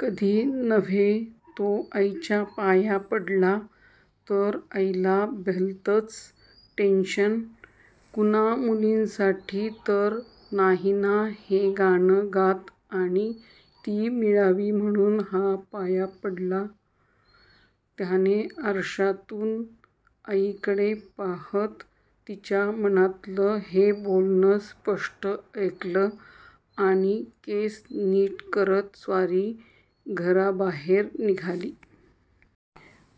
कधी नव्हे तो आईच्या पाया पडला. तर आईला भलतंच टेन्शन "कुणा मुलींसाठी तर नाही ना हे गाणं गात आणि ती मिळावी म्हणून हा पाया पडला??? " त्याने आरशातून आईकडे पाहत तिच्या मनातलं हे बोलणं स्पष्ट ऐकलं आणि केस नीट करत स्वारी घराबाहेर निघाली.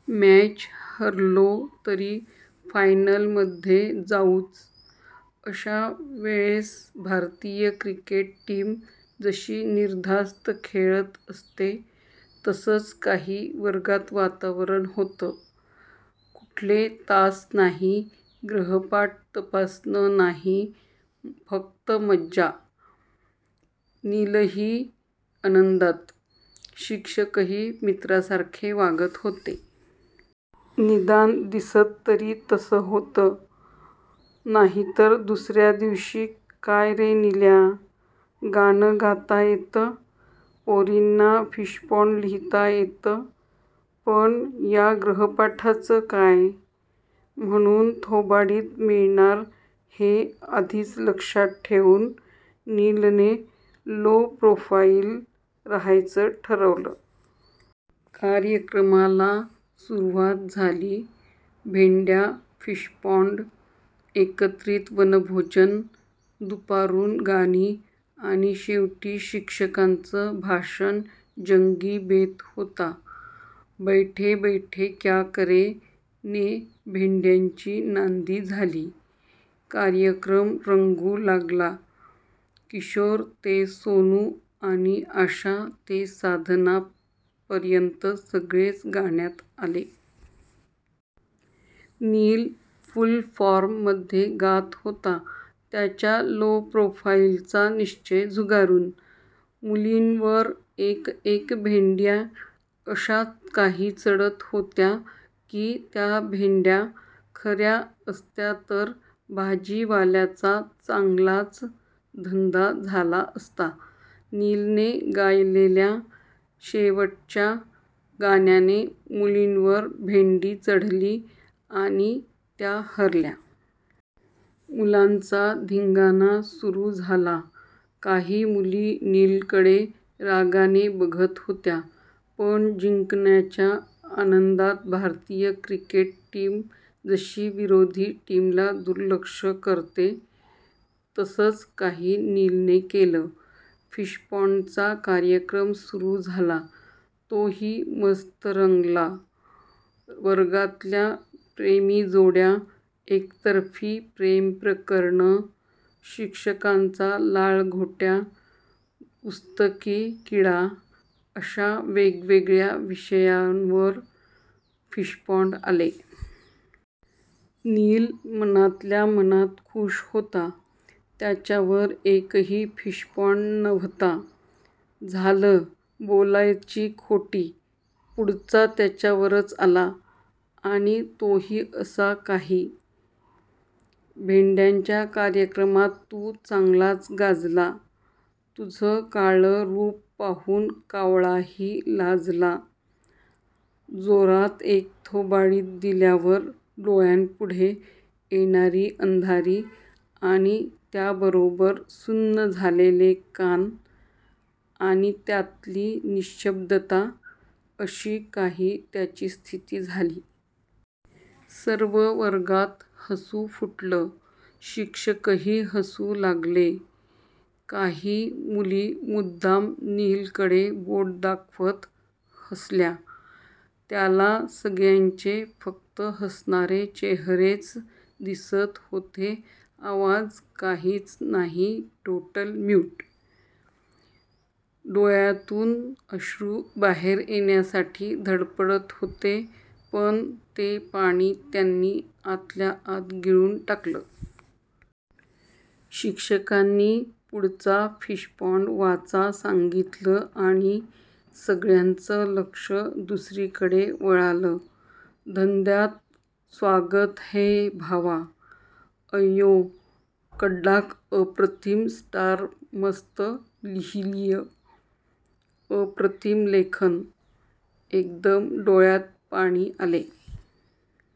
'मॅच हरलो तरी फायनल मध्ये जाऊच' अशा वेळेस भारतीय क्रिकेट टीम जशी निर्धास्त खेळत असते तसंच काही वर्गात वातावरण होतं. कुठले तास नाही, गृहपाठ तपासणं नाही फक्त मज्जा. नीलही आनंदात. शिक्षकही मित्रासारखे वागत होते. निदान दिसत तरी तसं होतं. नाहीतर दुसऱ्या दिवशी "काय रे नील्या, गाणं गाता येतं, पोरींना फिशपॉंड लिहता येतं, पण या गृहपाठाचं काय? " म्हणून 'थोबाडीत मिळणार' हे आधीच लक्षात ठेऊन नीलने 'लो प्रोफाइल' राहायचं ठरवलं. कार्यक्रमाला सुरवात झाली. भेंड्या, फिशपॉंड, एकत्रित वनभोजन, दुपारून गाणी आणि शेवटी शिक्षकांचं भाषण जंगी बेत होता. 'बैठे बैठे क्या करे' ने भेंड्यांची नांदी झाली. कार्यक्रम रंगू लागला. 'किशोर ते सोनू' आणि 'आशा ते साधना' पर्यंत सगळेच गाण्यात आले. नील 'फुल फॉर्म' मध्ये गात होता त्याच्या 'लो प्रोफाइलचा' निश्चय झुगारून. मुलींवर एक एक भेंड्या अशा काही चढत होत्या कि त्या भेंड्या 'खऱ्या' असत्या तर भाजीवाल्याचा चांगलाच धंदा झाला असता. नीलने गायलेल्या शेवटच्या गाण्याने मुलींवर भेंडी चढली आणि त्या हरल्या. मुलांचा धिंगाणा सुरु झाला. काही मुली नीलकडे रागाने बघत होत्या पण जिंकण्याच्या आनंदात भारतीय क्रिकेट टीम जशी विरोधी टीमला 'दुर्लक्ष' करते तसंच काही नीलने केलं. फिशपॉंडचा कार्यक्रम सुरु झाला. तोही मस्त रंगला. 'वर्गातल्या प्रेमीजोड्या', 'एकतर्फी प्रेम प्रकरणं', 'शिक्षकांचा लाळघोट्या' 'पुस्तकी किडा' अशा वेगवेगळ्या विषयांवर फिशपॉंड आले. नील मनातल्या मनात खुश होता. त्याच्यावर एकही फिशपॉंड नव्हता. झालं बोलायची खोटी पुढचा त्याच्यावरच आला आणि तोही असा काही. "भेंड्याच्या कार्यक्रमात तू चांगलाच गाजला, तुझं काळं रूप पाहून कावळाही लाजला". जोरात एक थोबाडीत दिल्यावर डोळ्यांपुढे येणारी अंधारी आणि त्याबरोबर सुन्न झालेले कान आणि त्यातली निःशब्दता अशी काही त्याची स्थिती झाली. सर्व वर्गात हसू फुटलं. शिक्षकही हसू लागले. काही मुली मुद्दाम नील कडे बोट दाखवत हसल्या. त्याला सगळ्यांचे फक्त हसणारे चेहरेच दिसत होते- आवाज काहीच नाही टोटल म्यूट. डोळ्यातून अश्रू बाहेर येण्यासाठी धडपडत होते पण ते पाणी त्यांनी आतल्याआत गिळून टाकलं. शिक्षकांनी पुढचा फिशपॉंड वाचा सांगितलं आणि सगळ्यांचं लक्ष दुसरीकडे वळालं. धंद्यात स्वागत ह्ये भावा. अय्यो! कड्डाकअप्रतिम स्टारमस्त लिहिलियं! अप्रतिम लेखन. एकदम डोळ्यात पाणी आले.